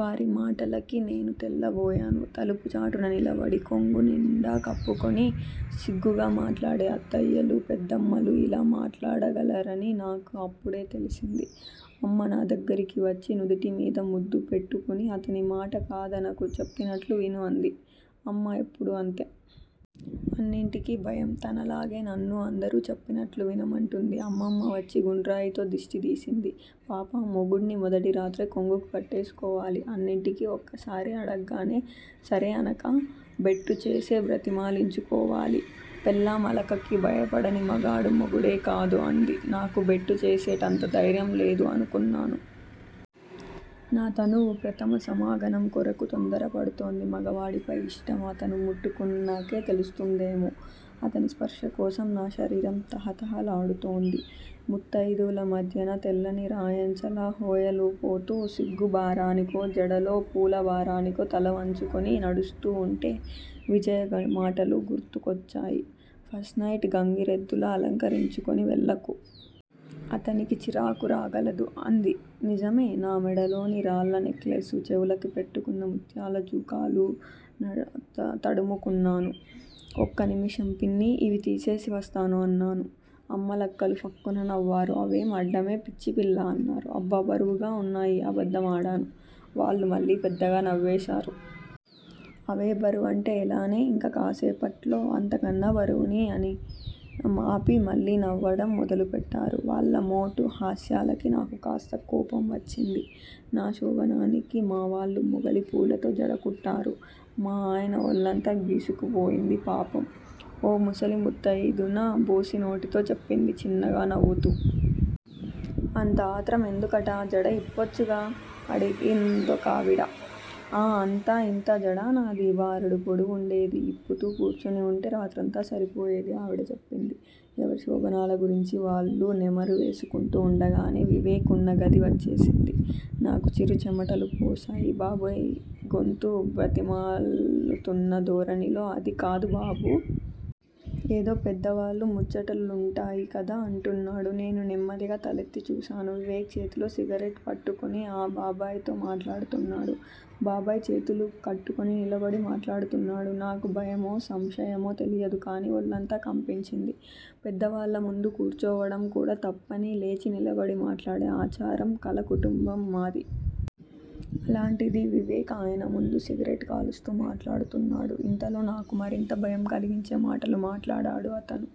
వారి మాటలకి నేను తెల్లబోయాను. తలుపు చాటున నిలబడి, కొంగునిండా కప్పుకుని సిగ్గుగా మాట్లాడే అత్తయ్యలూ, పెద్దమ్మలూ ఇలా మాట్లాడగలరని నాకు అప్పడే తెలిసింది. అమ్మ నా దగ్గరికి వచ్చి నుదుటిమీద ముద్దు పెట్టుకుని అతనిమాట కాదనకు చెప్పినట్లు విను అంది. అమ్మ ఎప్పడూ అంతే. అన్నింటికి భయం. తనలాగే నన్నూ అందరు చెప్పినట్లు వినమంటుంది. అమ్మమ్మ వచ్చి గుండ్రాయితో దిష్టి తీసింది. పాపా! మొగుడ్ని మొదటిరాత్రే కొంగుకి కట్టేసుకోవాలి. అన్నింటికి ఒక్క సారే అడగగానే సరే అనక! బెట్టుచేసి బ్రతిమాలించుకోవాలి. పెళ్ళాం అలకకి భయపడని మగాడు మొగుడే కాదు! అంది. 'నాకు బెట్టుచేసేటంత దైర్యం లేదు' అనుకున్నాను. నా తనువు ప్రథమ సమాగమంకొరకు తొందరపడుతోంది. మగవాడిపై ఇష్టం అతను ముట్టుకున్నకే తెలుస్తుందేమో! అతని స్పర్శకోసం నా శరీరం తహతహలాడుతోంది. ముత్తయిదువల మధ్యన తెల్లని రాయంచలా హోయలుపోతూ సిగ్గు బారానికో, జడలో పూల భారనికో తల వంచుకుని నడుస్తూ వుంటే విజయ మాటలు గుర్తొచ్చాయి. 'ఫస్ట్ నైట్ గంగిరెద్దులా అలకరించుకుని వెళ్ళకు! అతనికి చిరాకు రాగలదు' అంది. నిజమే! నా మెడలోని రాళ్ళ నెక్లెసు చెవులకి పెట్టుకున్న ముత్యాల జూకాలూ తడుముకున్నాను. ఒక్కనిమిషం పిన్ని! ఇవి తీసేసి వస్తాను అన్నాను. అమ్మలక్కలు ఫక్కున నవ్వారు. అవేం అడ్డమే పిచ్చిపిల్లా? అన్నారు. అబ్బ! బరువుగా వున్నాయి అబద్దం ఆడాను. వాళ్ళు మళ్ళీ పెద్దగా నవ్వేశారు. అవేబరువంటే ఎలానే? ఇంక కాసేపట్లో అంతకన్నా బరువుని అని ఆపిమళ్ళీ నవ్వడం మొదలు పెట్టారు. వాళ్ళ మోటు హాస్యాలకి నాకు కాస్త కోపం వచ్చింది. నా శోభనానికి మావాళ్ళు మొగలిపూలతో జడకుట్టారు. మా ఆయన ఒళ్ళంతా గీసుకుపోయింది పాపం! ఓ ముసలి ముత్తయిదున బోసినోటితో చెప్పింది చిన్నగా నవ్వుతూ. అంత ఆత్రమెందుకటా? జడ ఇప్పచ్చుగా? అడిగిందొకావిడ. ఆ అంతా ఇంతా జడ నాది? బారెడు పొడవుండేది ఇప్పుతూ కూర్చునివుంటే రాత్రంతా సరిపోయేది! ఆవిడ చెప్పింది. ఎవరి శోభనాల గురించి వాళ్ళు నెమరు వేసుకుంటూ వుండగానే, వివేక్ వున్న గది వచ్చేసింది. నాకు చిరుచెమటలు పోశాయి. బాబోయ్ గొంతు బ్రతిమాలుతున్న ధోరణిలో అదికాదు బాబూ! ఏదో పెద్దవాళ్ళ ముచ్చటలుంటాయి కదా! అంటున్నాడు. నేను నెమ్మదిగా తలెత్తి చూశాను. వివేక్ చేతిలో సిగరెట్ పట్టుకునే, ఆ బాబాయ్ తో మాట్లాడుతున్నాడు. బాబాయ్ చేతులు కట్టుకుని నిలబడి మాట్లాడుతున్నాడు. నాకు భయమో, సంశయమో తెలీదుకానీ ఒళ్ళంతా కంపించింది పెద్దవాళ్ళ ముందు కూర్చోవడంకూడా తప్పని లేచి నిలబడి మాట్లాడే ఆచారం కళ కుటుంబం మాది! అలాంటిది వివేక్ ఆయనముందు సిగరెట్ కాలుస్తూ మాట్లాడుతున్నాడు! ఇంతలో నాకు మరింత భయం కలిగించే మాటలు మాట్లాడాడు అతను.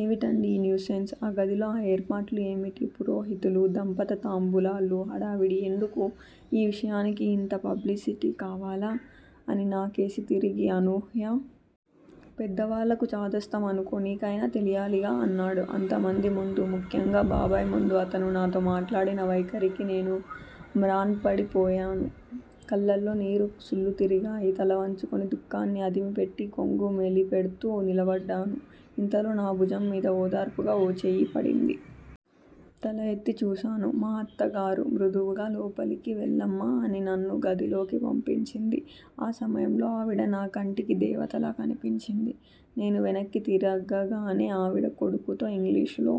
ఏవిటండి ఈ న్యూసెన్స్? ఆ గదిలో ఆ ఏర్పాట్లు ఏమిటి? పురోహితులూ, దంపత తాంబూలాలూ, హడావిడి ఎందుకూ? ఈ విషయానికి ఇంత పబ్లిసిటి కావాలా? అని నాకేసి తిరిగి- అనూహ్యా! పెద్దవాళ్ళకు చాదస్తం అనుకో నీకైనా తెలియాలిగా! అన్నాడు. అంతమంది ముందు, ముఖ్యంగా బాబాయ్ ముందు అతను నాతో మాట్లాడిన వైఖరికి నేను మ్రాన్పడి పోయాను. కళ్ళల్లో నీరు సుళ్లు తిరిగాయి. తలవంచుకుని దుఃఖాన్ని అదిమిపెట్టి, కొంగు మెలిపెడ్తూ నిలబడ్డాను. ఇంతలో నా భుజంమీద ఓదార్పుగా ఓ చెయ్యి పడింది. తల ఎత్తి చూశాను. మా అత్తగారు మృదువుగా లోపలికి వెళ్ళమ్మ అని నన్ను గదిలోకి పంపించింది. ఆ సమయంలో ఆవిడ నా కంటికి దేవతలా కనిపించింది. నేను వెనక్కి తిరగగానే ఆవిడ కొడుకుతో ఇంగ్లీషులో-